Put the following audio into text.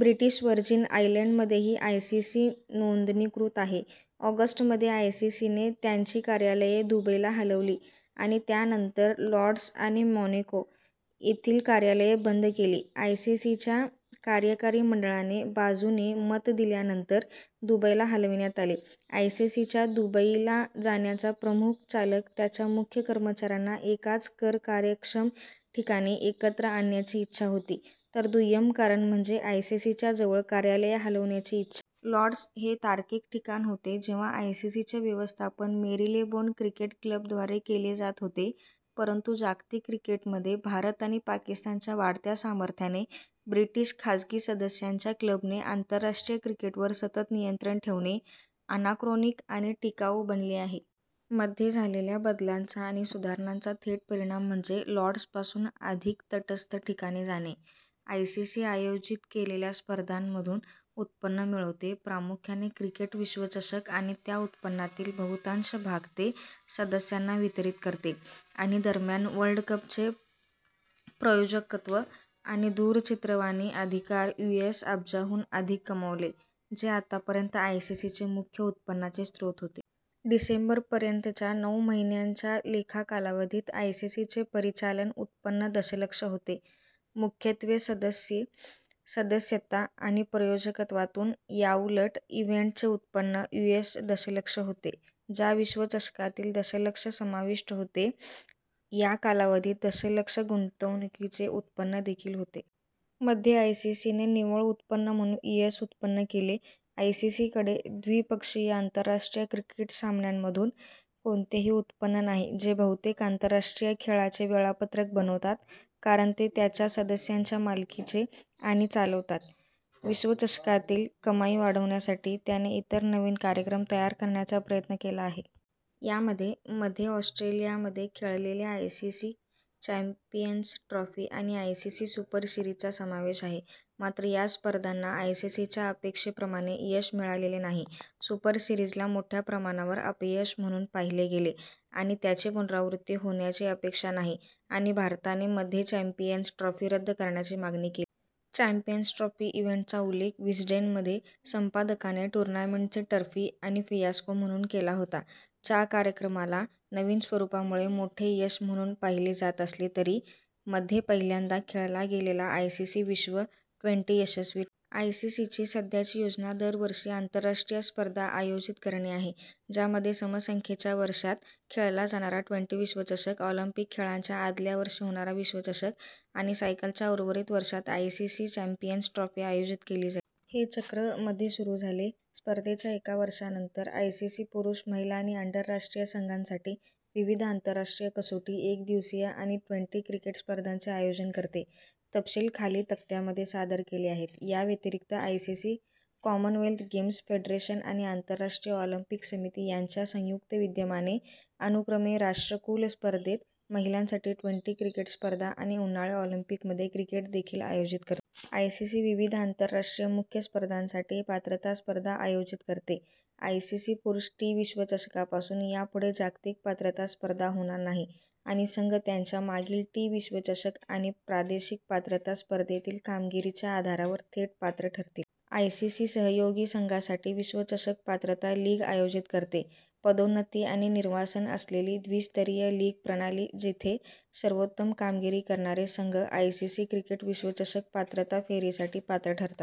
British Virgin आयलंडमध्येही ICC नोंदणीकृत आहे. ऑगस्ट मध्ये, आयसीसीने त्यांची कार्यालये दुबईला हलवली आणि त्यानंतर लॉर्ड्स आणि मोनॅको येथील कार्यालये बंद केली. आयसीसीच्या कार्यकारी मंडळाने बाजूने - मत दिल्यानंतर दुबईला हलविण्यात आले.। आयसीसीच्या दुबईला जाण्याचा मुख्य चालक त्याच्या मुख्य कर्मचाऱ्यांना एकाच कर-कार्यक्षम ठिकाणी एकत्र आणण्याची इच्छा होती, तर दुय्यम कारण म्हणजे आयसीसीच्या जवळ कार्यालये हलवण्याची इच्छा. लॉर्ड्स हे तार्किक ठिकाण होते जेव्हा आयसीसीचे व्यवस्थापन मेरीलेबोन क्रिकेट क्लब द्वारे केले जात होते. परंतु जागतिक क्रिकेटमध्ये भारत आणि पाकिस्तानच्या वाढत्या सामर्थ्याने ब्रिटिश खाजगी सदस्यांच्या क्लबने आंतरराष्ट्रीय क्रिकेटवर सतत नियंत्रण ठेवणे अनाक्रोनिक आणि टिकाऊ बनवले आहे. मध्ये झालेल्या बदलांचा आणि सुधारणांचा थेट परिणाम म्हणजे लॉर्ड्सपासून अधिक तटस्थ ठिकाणी जाणे. आयसीसी आयोजीत केलेल्या स्पर्धांमधून उत्पन्न मिळवते, प्रामुख्याने क्रिकेट विश्वचषक, आणि त्या उत्पन्नातील बहुतांश भाग ते सदस्यांना वितरीत करते. आणि दरम्यान वर्ल्ड कपचे प्रायोजकत्व आणि दूरचित्रवाणी अधिकार यूएस अब्जाहून अधिक कमावले, जे आतापर्यंत आयसीसीचे मुख्य उत्पन्नाचे स्रोत होते. डिसेंबर पर्यंतच्या नऊ महिन्यांच्या लेखा कालावधीत आयसीसीचे परिचालन उत्पन्न दशलक्ष होते, मुख्यत्वे सदस्य सदस्यता आणि प्रायोजकत्वातून. याउलट, इव्हेंटचे उत्पन्न यूएस दशलक्ष होते, ज्यात विश्वचषकातील दशलक्ष समाविष्ट होते. या कालावधीत दशलक्ष गुंतवणुकीचे उत्पन्न देखील होते. मध्ये आयसीसीने निव्वळ उत्पन्न म्हणून यूएस उत्पन्न केले. आयसीसीकडे द्विपक्षीय आंतरराष्ट्रीय क्रिकेट सामन्यांमधून कोणतेही उत्पन्न नाही, जे बहुतेक आंतरराष्ट्रीय खेळाचे वेळापत्रक बनवतात, कारण ते त्याच्या सदस्यांच्या मालकीचे आणि चालवतात. विश्वचषकातील कमाई वाढवण्यासाठी त्याने इतर नवीन कार्यक्रम तयार करण्याचा प्रयत्न केला आहे. यामध्ये मध्ये ऑस्ट्रेलियामध्ये खेळलेल्या आयसीसी चॅम्पियन्स ट्रॉफी आणि आयसीसी सुपर सीरिजचा समावेश आहे. मात्र, या स्पर्धांना आयसीसीच्या अपेक्षेप्रमाणे यश मिळालेले नाही. सुपर सिरीजला मोठ्या प्रमाणावर अपयश म्हणून पाहिले गेले आणि त्याची पुनरावृत्ती होण्याची अपेक्षा नाही आणि भारताने मध्ये चॅम्पियन्स ट्रॉफी रद्द करण्याची मागणी केली. चॅम्पियन्स ट्रॉफी इव्हेंटचा उल्लेख विस्डेन मध्ये संपादकाने "टूर्नामेंटचा टर्की" आणि "फियास्को" म्हणून केला होता; च्या कार्यक्रमाला नवीन स्वरूपामुळे मोठे यश म्हणून पाहिले जात असले तरी. मध्ये पहिल्यांदा खेळला गेलेला आयसीसी विश्व ट्वेंटी- यशस्वी ठरला. आयसीसीची सध्याची योजना दरवर्षी आंतरराष्ट्रीय स्पर्धा आयोजित करणे आहे, ज्यामध्ये सम संख्येच्या वर्षांत खेळला जाणारा ट्वेंटी- विश्वचषक, ऑलिम्पिक खेळांच्या आदल्या वर्षी होणारा विश्वचषक आणि सायकलच्या उर्वरित वर्षात आयसीसी चॅम्पियन्स ट्रॉफी आयोजित केली जाईल. हे चक्र मध्ये सुरू झाले, स्पर्धेच्या एका वर्षानंतर. आयसीसी पुरुष, महिला आणि अंडर- राष्ट्रीय संघांसाठी विविध आंतरराष्ट्रीय कसोटी, एकदिवसीय आणि ट्वेन्टी- क्रिकेट स्पर्धांचे आयोजन करते. तपशील खालील तक्त्यामध्ये सादर केले आहेत: याव्यतिरिक्त, आयसीसी कॉमनवेल्थ गेम्स फेडरेशन आणि आंतरराष्ट्रीय ऑलिम्पिक समिती यांच्या संयुक्त विद्यमाने अनुक्रमे राष्ट्रकुल स्पर्धेत महिलांसाठी ट्वेंटी- क्रिकेट स्पर्धा आणि उन्हाळी ऑलिंपिकमध्ये क्रिकेट देखील आयोजित करते. आयसीसी विविध आंतरराष्ट्रीय मुख्य स्पर्धांसाठी पात्रता स्पर्धा आयोजित करते. आयसीसी पुरुष टी- विश्वचषकपासून, यापुढे जागतिक पात्रता स्पर्धा होणार नाही आणि संघ त्यांच्या मागील टी- विश्वचषक आणि प्रादेशिक पात्रता स्पर्धेतील कामगिरीच्या आधारावर थेट पात्र ठरतील. आयसीसी सहयोगी संघांसाठी विश्वचषक पात्रता लीग आयोजित करते. पदोन्नती आणि निर्वासन असलेली द्वि-स्तरीय लीग प्रणाली जिथे सर्वोत्तम कामगिरी करणारे संघ आयसीसी क्रिकेट विश्वचषक पात्रता फेरीसाठी पात्र ठरतात.